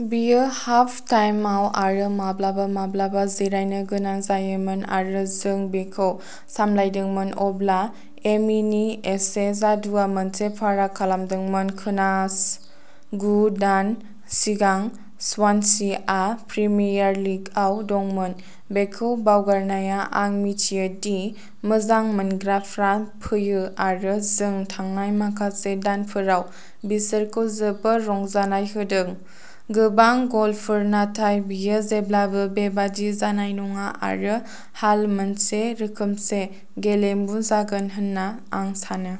बेयो हाफ-टाइमआव आरो माब्लाबा माब्लाबा जिरायनो गोनां जायोमोन, आरो जों बेखौ सामलायदोंमोन-अब्ला एमीनि एसे जादुआ मोनसे फाराग खालामदोंमोन। "खोनास, गु दान सिगां स्वानसीआ प्रिमियार लिगआव दंमोन। बेखौ बावगारनाङा। आं मिथियो दि मोजां मोनग्राफ्रा फैयो आरो जों थांनाय माखासे दानफोराव बिसोरखौ जोबोद रंजानाय होदों, गोबां गलफोर, नाथाय बेयो जेब्लाबो बेबादि जानाय नङा आरो हाल मोनसे रोखोमसे गेलेमु जागोन होनना आं सानो।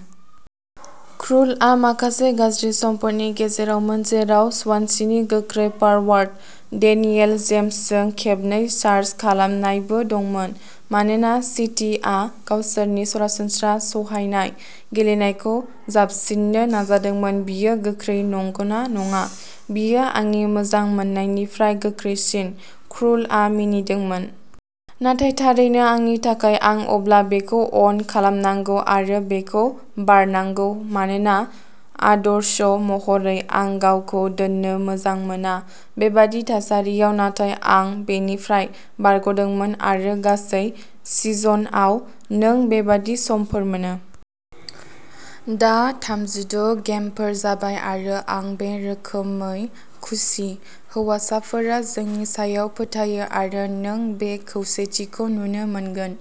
क्रुलआ माखासे गाज्रि समफोरनि गेजेरावमोन-जेराव स्वानसीनि गोख्रै फारवार्ड डेनियेल जेम्सजों खेबनै चार्ज खालामनायबो दंमोन, मानोना सिटीआ गावसोरनि सरासनस्रा सहायनाय गेलेनायखौ जाबसिननो नाजादोंमोन।" बियो गोख्रै, नंगौना नङा? बियो आंनि मोजां मोन्नायनिफ्राय गोख्रैसिन ", क्रुलआ मिनिदोंमोन।" नाथाय थारैनो, आंनि थाखाय आं अब्ला बेखौ अन खालामनांगौ आरो बेखौ बारनांगौ मानोना आदर्श महरै आं गावखौ दोननो मोजां मोना। बेबादि थासारियाव। "नाथाय आं बेनिफ्राय बारग'दोंमोन आरो गासै सिजनआव नों बेबादि समफोर मोनो। दा थामजिद' गेमफोर जाबाय आरो आं बे रोखोमै खुसि। हौवासाफोरा जोंनि सायाव फोथायो आरो नों बे खौसेथिखौ नुनो मोनगोन।"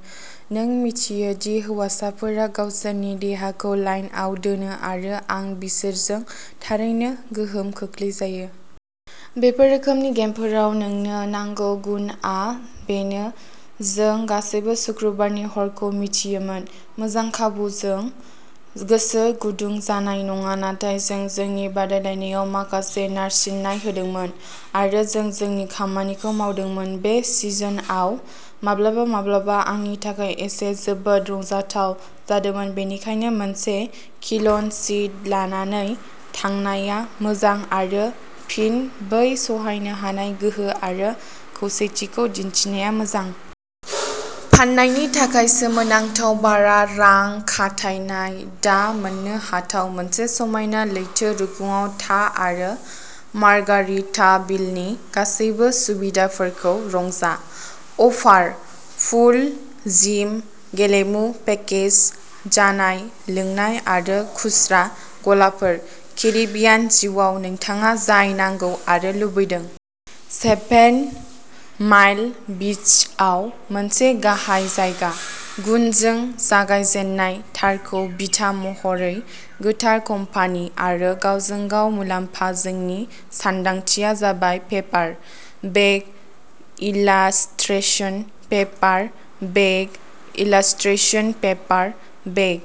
नों मिन्थियो दि हौवासाफोरा गावसोरनि देहाखौ लाइनआव दोनो आरो आं बिसोरजों थारैनो गोहोम खोख्लैजायो। "बेफोर रोखोमनि गेमफोराव नोंनो नांगौ गुनआ बेनो। जों गासैबो सुक्रुबारनि हरखौ मिथियोमोन, मोजां खाबु-जों गोसो गुदुं जानाय नङा नाथाय जों जोंनि बादायलायनायाव माखासे नारसिननाय होदोंमोन आरो जों जोंनि खामानिखौ मावदोंमोन।" बे सिजनआव माब्लाबा-माब्लाबा आंनि थाखाय एसे जोबोद रंजाथाव जादोंमोन, बेनिखायनो मोनसे क्लिन शीट लानानै थांनाया मोजां आरो फिन बै सहायनो हानाय गोहो आरो खौसेथिखौ दिन्थिनाया मोजां। फान्नायनि थाखाय सोमोनांथाव भारा रां खाथायनाय, दा मोननो हाथाव। मोनसे समायना लैथो रुगुंआव था आरो मार्गारिटाभिलनि गासैबो सुबिदाफोरखौ रंजा। अफार... पुल, जिम, गेलेमु पेकेज, जानाय-लोंनाय आरो खुस्रा गलाफोर। केरिबियान जिउआव नोंथाङा जाय नांगौ आरो लुबैदों। सेभेन माइल बीचआव मोनसे गाहाय जायगा। "गुनजों जागायजेन्नाय, थारखौ बिथा महरै, गोथार कम्पानि आरो गावजों-गाव मुलाम्फा" जोंनि सानदांथिया जाबाय, paper bag illustration, paper bag illustration, paper bag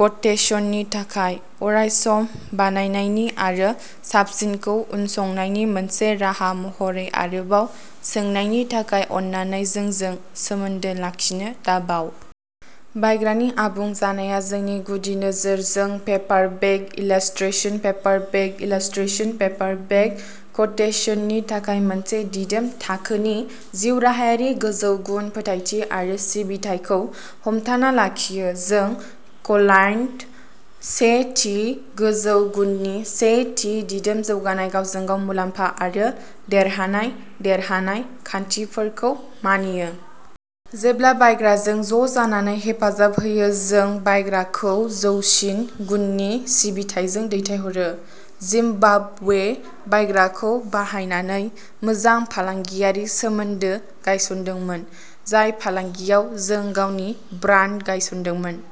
क'टेसननि थाखाय अरायसम बानायनायनि आरो साबसिनखौ उनसंनायनि मोनसे राहा महरै, आरोबाव सोंनायनि थाखाय अन्नानै जोंजों सोमोन्दो लाखिनो दाबाव! "बायग्रानि आबुं जानाया जोंनि गुदि नोजोर। जों paper bag illustration, paper bag illustration, paper bag क'टेसननि थाखाय मोनसे दिदोम थाखोनि जिउराहायारि, गोजौ गुन, फोथायथि आरो सिबिथाइखौ हमथाना लाखियो, जों क्लायन्ट सेथि गोजौ गुननि सेथि दिदोम जौगानाय गावजों-गाव मुलाम्फा आरो देरहानाय-देरहानाय खान्थिफोरखौ मानियो। जेब्ला बायग्राजों ज'जानानै हेफाजाब होयो, जों बायग्राखौ जौसिन गुननि सिबिथाइजों दैथायहरो। जिम्बाब्वे बायग्राखौ बाहायनानै मोजां फालांगियारि सोमोन्दो गायसनदोंमोन, जाय फालांगियाव जों गावनि ब्रान्ड गायसनदोंमोन।